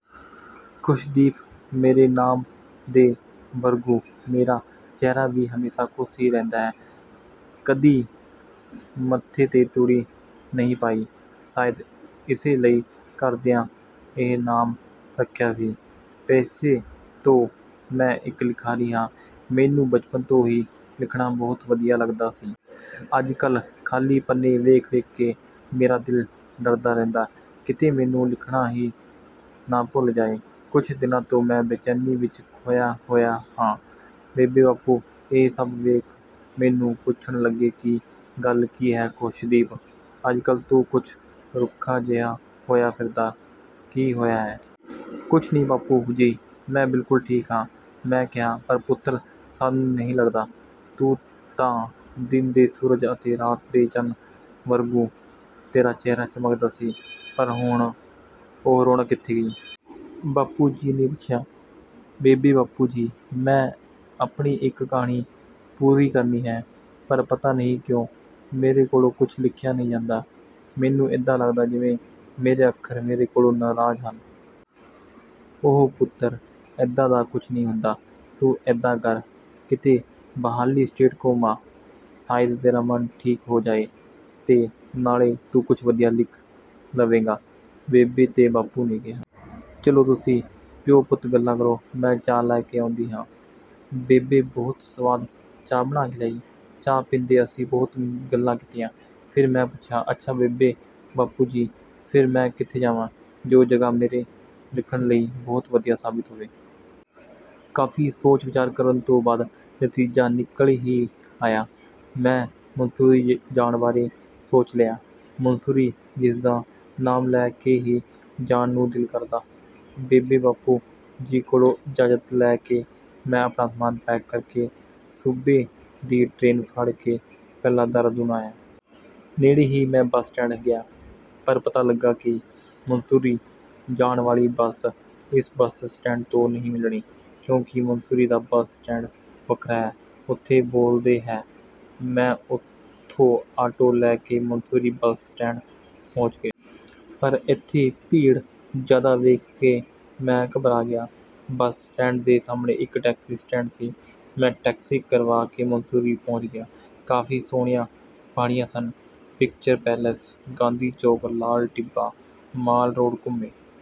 ਖੁਸ਼ਦੀਪ, ਮੇਰੇ ਨਾਮ ਦੇ ਵਰਗੂੰ ਮੇਰਾ ਚਿਹਰਾ ਵੀ ਹਮੇਸ਼ਾ ਖੁਸ਼ ਹੀ ਰਹਿੰਦਾ, ਕਦੀ ਮੱਥੇ ਤੇ ਤਿਉੜੀ ਨਹੀਂ ਪਾਈ। ਸ਼ਾਇਦ ਇਸੇ ਲਈ ਘਰਦਿਆਂ ਇਹ ਨਾਮ ਰੱਖਿਆ ਸੀ। ਪੇਸ਼ੇ ਤੋਂ ਮੈਂ ਇੱਕ ਲਿਖਾਰੀ ਹਾਂ, ਮੈਨੂੰ ਬਚਪਨ ਤੋਂ ਹੀ ਲਿਖਣਾ ਬਹੁਤ ਵਧੀਆ ਲੱਗਦਾ ਸੀ। ਅੱਜ-ਕੱਲ੍ਹ ਖਾਲੀ ਪੰਨੇ ਵੇਖ-ਵੇਖਕੇ ਮੇਰਾ ਦਿਲ ਡਰਦਾ ਰਹਿੰਦਾ, ਕਿਤੇ ਮੈਂਨੂੰ ਲਿਖਣਾ ਹੀ ਨਾ ਭੁੱਲ ਜਾਏ। ਕੁਝ ਦਿਨਾਂ ਤੋਂ ਮੈਂ ਬੇਚੈਨੀ ਵਿੱਚ ਖੋਇਆ ਹੋਇਆ ਹਾਂ। ਬੇਬੇ-ਬਾਪੂ ਇਹ ਸਭ ਵੇਖ ਮੈਨੂੰ ਪੁੱਛਣ ਲੱਗੇ ਕਿ ਗੱਲ ਕੀ ਹੈ ਖੁਸ਼ਦੀਪ, ਅੱਜ-ਕੱਲ੍ਹ ਤੂੰ ਕੁਝ ਰੁੱਖਾ ਜਿਹਾ ਹੋਇਆ ਫਿਰਦਾ, ਕੀ ਹੋਇਆ ਹੈ? ਕੁਝ ਨਹੀਂ ਬਾਪੂ ਜੀ, ਮੈਂ ਬਿਲਕੁਲ ਠੀਕ ਹਾਂ, ਮੈਂ ਕਿਹਾ। ਪਰ ਪੁੱਤਰ, ਸਾਨੂੰ ਨਹੀਂ ਲੱਗਦਾ। ਤੂੰ ਤਾਂ ਦਿਨ ਦੇ ਸੂਰਜ ਅਤੇ ਰਾਤ ਦੇ ਚੰਨ ਵਰਗੂੰ, ਤੇਰਾ ਚਿਹਰਾ ਚਮਕਦਾ ਸੀ, ਪਰ ਹੁਣ ਉਹ ਰੌਣਕ ਕਿੱਥੇ ਗਈ? ਬਾਪੂ ਜੀ ਨੇ ਪੁੱਛਿਆ। ਬੇਬੇ-ਬਾਪੂ ਜੀ, ਮੈਂ ਆਪਣੀ ਇੱਕ ਕਹਾਣੀ ਪੂਰੀ ਕਰਨੀ ਹੈ, ਪਰ ਪਤਾ ਨਹੀਂ ਕਿਉਂ? ਮੇਰੇ ਕੋਲੋਂ ਕੁਝ ਲਿਖਿਆ ਨਹੀਂ ਜਾਂਦਾ। ਮੈਨੂੰ ਏਦਾਂ ਲੱਗਦਾ, ਜਿਵੇਂ ਮੇਰੇ ਅੱਖਰ ਮੇਰੇ ਕੋਲੋਂ ਨਾਰਾਜ਼ ਹਨ। ਓਹੋ ਪੁੱਤਰ, ਏਦਾਂ ਦਾ ਕੁਝ ਨਹੀਂ ਹੁੰਦਾ। ਤੂੰ ਏਦਾਂ ਕਰ, ਕਿਤੇ ਬਾਹਰਲੀ ਸਟੇਟ ਘੁੰਮ ਆ। ਸ਼ਾਇਦ ਤੇਰਾ ਮਨ ਠੀਕ ਹੋ ਜਾਏ ਤੇ ਨਾਲੇ ਤੂੰ ਕੁਝ ਵਧੀਆ ਲਿਖ ਲਵੇਂਗਾ, ਬੇਬੇ ਤੇ ਬਾਪੂ ਨੇ ਕਿਹਾ। ਚੱਲੋ, ਤੁਸੀਂ ਪਿਓ-ਪੁੱਤ ਗੱਲਾਂ ਕਰੋ, ਮੈਂ ਚਾਹ ਲੈ ਕੇ ਆਉਂਦੀ ਹਾਂ। ਬੇਬੇ ਬਹੁਤ ਸਵਾਦ ਚਾਹ ਬਣਾ ਕੇ ਲਿਆਈ। ਚਾਹ ਪੀਂਦੇ ਅਸੀਂ ਬਹੁਤ ਗੱਲਾਂ ਕੀਤੀਆਂ। ਫੇਰ ਮੈਂ ਪੁੱਛਿਆ, ਅੱਛਾ ਬੇਬੇ-ਬਾਪੂ ਜੀ, ਫੇਰ ਮੈਂ ਕਿੱਥੇ ਜਾਵਾਂ, ਜੋ ਜਗ੍ਹਾ ਮੇਰੇ ਲਿਖਣ ਲਈ ਬਹੁਤ ਵਧੀਆ ਸਾਬਿਤ ਹੋਵੇ? ਕਾਫੀ ਸੋਚ-ਵਿਚਾਰ ਕਰਨ ਤੋਂ ਬਾਅਦ ਨਤੀਜਾ ਨਿਕਲ ਹੀ ਆਇਆ। ਮੈਂ ਮਸੂਰੀ ਜਾਣ ਬਾਰੇ ਸੋਚ ਲਿਆ। ਮਸੂਰੀ, ਜਿਸਦਾ ਨਾਮ ਲੈ ਕੇ ਹੀ ਜਾਣ ਨੂੰ ਦਿਲ ਕਰਦਾ। ਬੇਬੇ-ਬਾਪੂ ਜੀ ਕੋਲੋਂ ਇਜਾਜ਼ਤ ਲੈ ਕੇ, ਮੈਂ ਆਪਣਾ ਸਮਾਨ ਪੈਕ ਕਰਕੇ ਸੂਬੇ ਦੀ ਟ੍ਰੇਨ ਫੜ ਕੇ ਪਹਿਲਾਂ ਦੇਹਰਾਦੂਨ ਆਇਆ। ਨੇੜੇ ਹੀ ਮੈਂ ਬੱਸ ਸਟੈਂਡ ਗਿਆ, ਪਰ ਪਤਾ ਲੱਗਾ ਕਿ ਮੰਸੂਰੀ ਜਾਣ ਵਾਲੀ ਬੱਸ ਇਸ ਬੱਸ ਸਟੈਂਡ ਤੋਂ ਨਹੀਂ ਮਿਲਣੀ, ਕਿਉਂਕਿ ਮੰਸੂਰੀ ਦਾ ਬੱਸ ਸਟੈਂਡ ਵੱਖਰਾ ਹੈ। ਓਥੇ ਬੋਲਦੇ ਹੈ। ਮੈਂ ਓਥੋਂ ਆਟੋ ਲੈ ਕੇ ਮੰਸੂਰੀ ਬੱਸ ਸਟੈਂਡ ਪਹੁੰਚ ਗਿਆ। ਪਰ ਏਥੇ ਭੀੜ ਜ਼ਿਆਦਾ ਵੇਖ ਕੇ ਮੈਂ ਘਬਰਾ ਗਿਆ। ਬੱਸ ਸਟੈਂਡ ਦੇ ਸਾਹਮਣੇ ਇੱਕ ਟੈਕਸੀ ਸਟੈਂਡ ਸੀ। ਮੈਂ ਟੈਕਸੀ ਕਰਵਾ ਕੇ ਮੰਸੂਰੀ ਪਹੁੰਚ ਗਿਆ। ਕਾਫੀ ਸੋਹਣੀਆਂ ਪਹਾੜੀਆਂ ਸਨ। ਪਿਕਚਰ ਪੈਲੇਸ, ਗਾਂਧੀ ਚੌਂਕ, ਲਾਲ ਟਿੱਬਾ, ਮਾਲ ਰੋਡ ਘੁੰਮੇ।